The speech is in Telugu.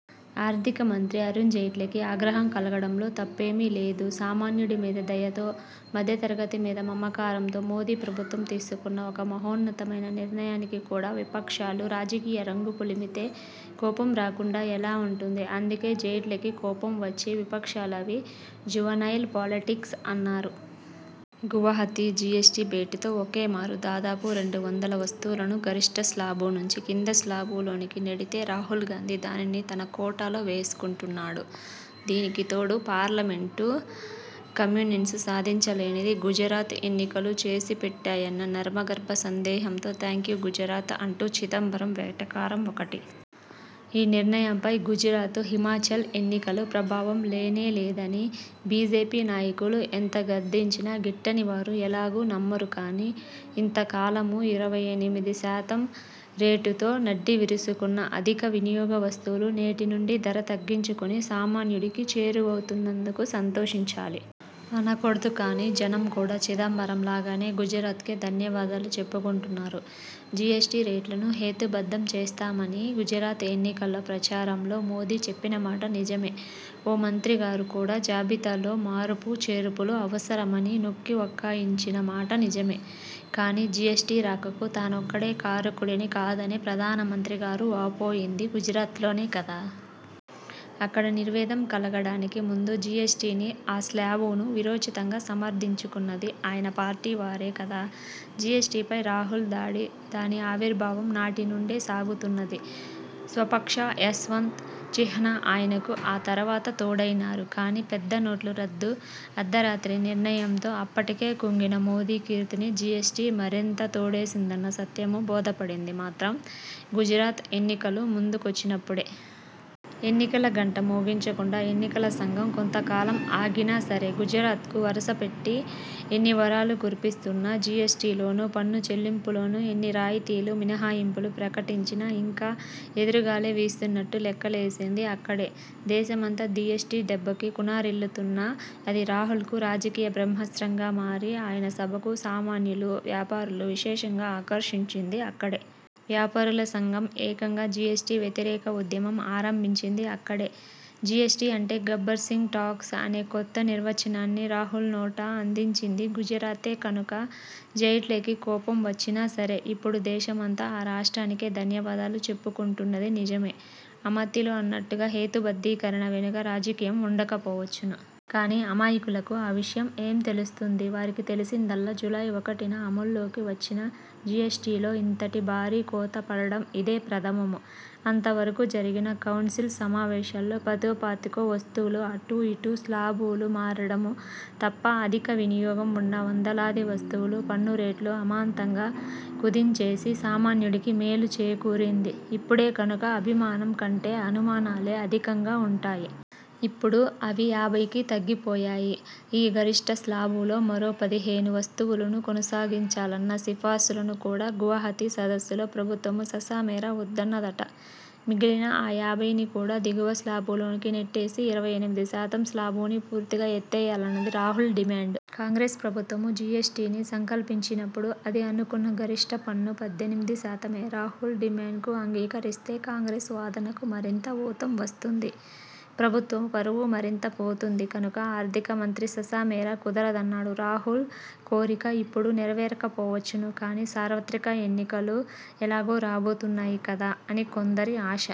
ఆర్థిక మంత్రి అరుణ్జైట్లీకి ఆగ్రహం కలగడంలో తప్పేమీ లేదు. సామాన్యుడి మీద దయతో, మధ్య తరగతి మీద మమ కారంతో మోదీ ప్రభుత్వం తీసుకున్న ఒక మహోన్నతమైన నిర్ణయానికి కూడా విపక్షాలు రాజకీయ రంగు పులిమితే కోపం రాకుండా ఎలా ఉంటుంది? అందుకే జైట్లీకి కోపం వచ్చి విపక్షాలవి 'జువనైల్ పాలిటిక్స్' అన్నారు. గువాహతీ జీఎస్టీ భేటీతో ఒకే మారు దాదాపు రెండు వందల వస్తువులను గరిష్ట స్లాబు నుంచి కింద స్లాబులోనికి నెడితే, రాహుల్గాంధీ దానిని తన కోటాలో వేసుకుంటున్నాడు. దీనికి తోడు, పార్లమెంటు, కమిన్సెన్సూ సాధించ లేనిది గుజరాత్ ఎన్నికలు చేసి పెట్టాయన్న నర్మగర్భ సందేశంతో 'థాంక్యూ గుజరాత్' అంటూ చిదంబరం వెటకారం ఒకటి. ఈ నిర్ణయంపై గుజరాత్, హిమాచల్ ఎన్నికలు ప్రభావం లేనే లేదని బీజేపీ నాయకులు ఎంత గద్దించినా గిట్టని వారు ఎలాగూ నమ్మరు కానీ, ఇంత కాలమూ ఇరవై ఎనిమిది శాతం రేటుతో నడ్డి విరుసుకున్న అధిక వినియోగ వస్తువులు నేటి నుంచి ధర తగ్గించుకొని సామాన్యుడికి చేరువవుతున్నందుకు సంతోషించాలి. అనకూడదు కానీ, జనం కూడా చిదంబరం లాగానే గుజరాత్కే ధన్యవాదాలు చెప్పుకుంటున్నారు. జీఎస్టీ రేట్లను హేతు బద్ధం చేస్తామని గుజరాత్ ఎన్నికల ప్రచారంలో మోదీ చెప్పినమాట నిజమే. ఓ మంత్రి గారు కూడా జాబితాలో మార్పు చేర్పులు అవసరమని నొక్కివక్కాణించిన మాటా నిజమే. కానీ, జీఎస్టీ రాకకు తానొక్కడే కారకుడిని కాదని ప్రధానమంత్రి గారు వాపోయింది గుజరాత్లోనే కదా! అక్కడ నిర్వేదం కలగడానికి ముందు జీఎస్టీనీ, ఆ శ్లాబునూ వీరోచితంగా సమర్థించుకున్నది ఆయన పార్టీ వారే కదా! జీఎస్టీపై రాహుల్ దాడి దాని ఆవిర్భావం నాటినుండే సాగుతున్నది. స్వపక్ష యశ్వంత్ చిన్హా ఆయనకు ఆ తరువాత తోడైనారు. కానీ, పెద్ద నోట్ల రద్దు అర్థరాత్రి నిర్ణయంతో అప్పటికే కుంగిన మోదీ కీర్తిని జీఎస్టీ మరింత తోడేసిందన్న సత్యం బోధపడింది మాత్రం గుజరాత్ ఎన్నికలు ముందు కొచ్చినప్పుడే. ఎన్నికల గంట మోగించకుండా ఎన్నికల సంఘం కొంత కాలం ఆగినా సరే, గుజరాత్కు వరుసపెట్టి ఎన్నివరాలు కురిపిస్తున్నా, జీఎస్టీ లోనూ, పన్ను చెల్లింపు ల్లోనూ ఎన్ని రాయితీలూ మినహాయింపులూ ప్రకటించినా ఇంకా ఎదురుగాలే వీస్తున్నట్టు లెక్క లేసింది అక్కడే. దేశమంతా జీఎస్టీ దెబ్బకు కునారిల్లుతున్నా, అది రాహుల్కు రాజకీయ బ్రహ్మాస్త్రంగా మారి, ఆయన సభలకు సామాన్యులూ, వ్యాపారులను విశేషంగా ఆకర్షించిందీ అక్కడే. వ్యాపారుల సంఘం ఏకంగా జీఎస్టీ వ్యతిరేక ఉద్యమం ఆరంభించిందీ అక్కడే. జీఎస్టీ అంటే 'గబ్బర్ సింగ్ టాక్స్' అనే కొత్త నిర్వచనాన్ని రాహుల్నోట అందించింది గుజరాతే కనుక, జైట్లీకి కోపం వచ్చినా సరే, ఇప్పుడు దేశమంతా ఆ రాష్ట్రానికే ధన్యవాదాలు చెప్పుకుంటున్నది. నిజమే, అమాత్యులు అన్నట్టుగా హేతు బద్ధీకరణ వెనుక రాజకీయం ఉండక పోవచ్చును. కానీ, అమాయకులకు ఆ విషయం ఏం తెలుస్తుంది? వారికి తెలిసిందల్లా జూలై ఒకటిన అమలులోకి వచ్చిన జీఎస్టీలో ఇంతటి భారీ కోత పడటం ఇదే ప్రథమం. అంత వరకూ జరిగిన కౌన్సిల్ సమావేశాల్లో పదో పాతికో వస్తువులు అటూ ఇటూ స్లాబులు మారడం తప్ప, అధిక వినియోగం ఉన్న వందలాది వస్తువుల పన్నురేట్లు అమాంతంగా కుదించేసి సామాన్యుడికి మేలు చేకూరింది ఇప్పుడే కనుక, అభిమానం కంటే అనుమానాలే అధికంగా ఉంటాయి. ఇప్పుడు అవి యాభైకి తగ్గిపోయాయి. ఈ గరిష్ట స్లాబులో మరో పదిహేను వస్తువులను కొనసాగించాలన్న సిఫార్సును కూడా గువాహతీ సదస్సులో ప్రభుత్వం ససేమిరా వద్దన్నదట. మిగిలిన ఆ యాభైని కూడా దిగువ స్లాబులోకి నెట్టేసి, ఇరవై ఎనిమిది శాతం స్లాబుని పూర్తిగా ఎత్తేయాలన్నది రాహుల్ డిమాండ్. కాంగ్రెస్ ప్రభుత్వం జీఎస్టీని సంకల్పించినప్పుడు అది అనుకున్న గరిష్ట పన్ను పద్దెనిమిది శాతమే. రాహుల్ డిమాండ్కు అంగీకరిస్తే కాంగ్రెస్ వాదనకు మరింత ఊతం వస్తుంది, ప్రభుత్వం పరువు మరింత పోతుంది కనుక ఆర్థిక మంత్రి ససేమిరా కుదరదంటున్నారు. రాహుల్ కోరిక ఇప్పుడు నెరవేరకపోవచ్చును కానీ, సార్వత్రిక ఎన్నికలు ఎలాగూ రాబోతున్నాయి కదా అని కొందరి ఆశ.